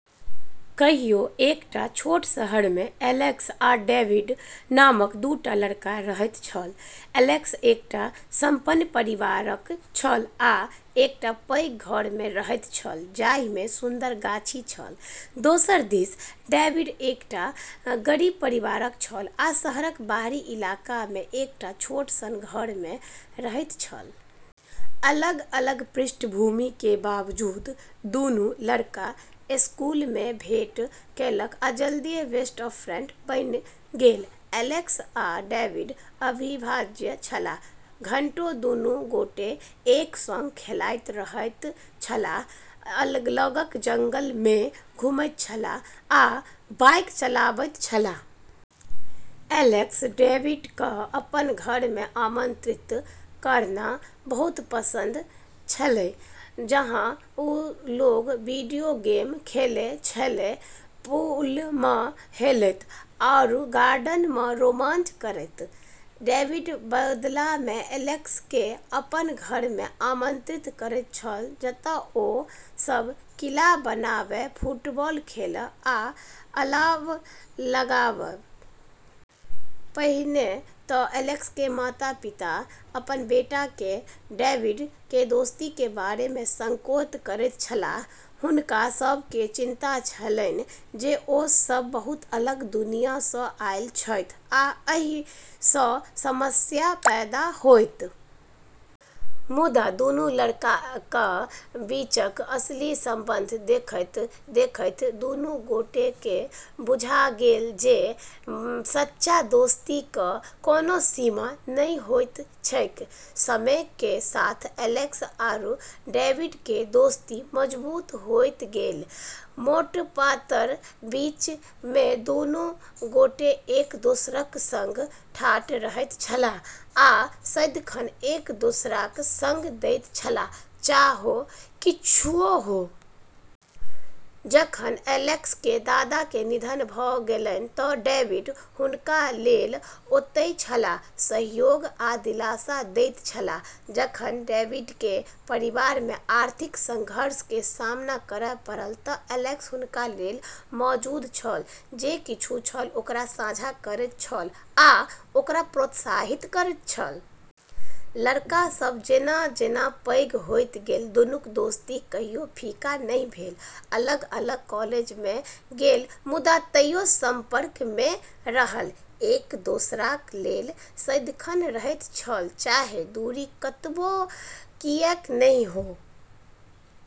कहियो एकटा छोट शहर मे एलेक्स आ डेविड नामक दू टा लड़का रहैत छल। एलेक्स एकटा सम्पन्न परिवारक छल आ एकटा पैघ घर मे रहैत छल जाहि मे सुन्दर गाछी छल। दोसर दिस डेविड एकटा गरीब परिवारक छल आ शहरक बाहरी इलाका मे एकटा छोट सन घर मे रहैत छल। अलग अलग पृष्ठभूमि के बावजूद दुनू लड़का स्कूल मे भेंट केलक आ जल्दीए बेस्ट ऑफ फ्रेंड बनि गेल। एलेक्स आ डेविड अविभाज्य छलाह। घंटों दुनू गोटे एक संग खेलाइत रहैत छलाह, लगक जंगल मे घुमैत छलाह आ बाइक चलाबैत छलाह। एलेक्स डेविड कऽ अपन घर मे आमंत्रित करना बहुत पसंद छेलै, जहां वू लोग वीडियो गेम खेलै छेलै, पूल मऽ हेलतै, आरू गार्डन मऽ रोमांच करतै। डेविड बदला मे एलेक्स के अपन घर मे आमंत्रित करैत छल जतय ओ सब किला बनाबय, फुटबॉल खेलय आ अलाव लगाबय। पहिने त एलेक्स के माता पिता अपन बेटा के डेविड के दोस्ती के बारे मे संकोच करैत छलाह। हुनका सब के चिंता छलनि जे ओ सब बहुत अलग दुनिया स आयल छथि आ एहि स समस्या पैदा होयत। मुदा दुनू लड़काक बीचक असली बंधन देखैत देखैत दुनू गोटेकेँ बुझना गेल जे सच्चा दोस्तीकेँ कोनो सीमा नहि होइत छैक। समय के साथ एलेक्स आरू डेविड के दोस्ती मजबूत होय गेलै। मोट पातर बीच मे दुनू गोटे एक दोसराक संग ठाढ़ रहैत छलाह आ सदिखन एक दोसराक संग दैत छलाह चाहे किछुओ हो। जखन एलेक्स के दादा के निधन भ गेलैन त डेविड हुनका लेल ओतय छलाह, सहयोग आ दिलासा दैत छलाह। जखन डेविड के परिवार के आर्थिक संघर्ष के सामना करय पड़ल त एलेक्स हुनका लेल मौजूद छल, जे किछु छल ओकरा साझा करैत छल आ ओकरा प्रोत्साहित करैत छल। लड़का सब जेना जेना पैघ होइत गेल, दुनूक दोस्ती कहियो फीका नहि भेल। अलग अलग कॉलेज मे गेल मुदा तइयो संपर्क मे रहल, एक दोसरा लेल सदिखन रहैत छल चाहे दूरी कतबो किएक नहि हो।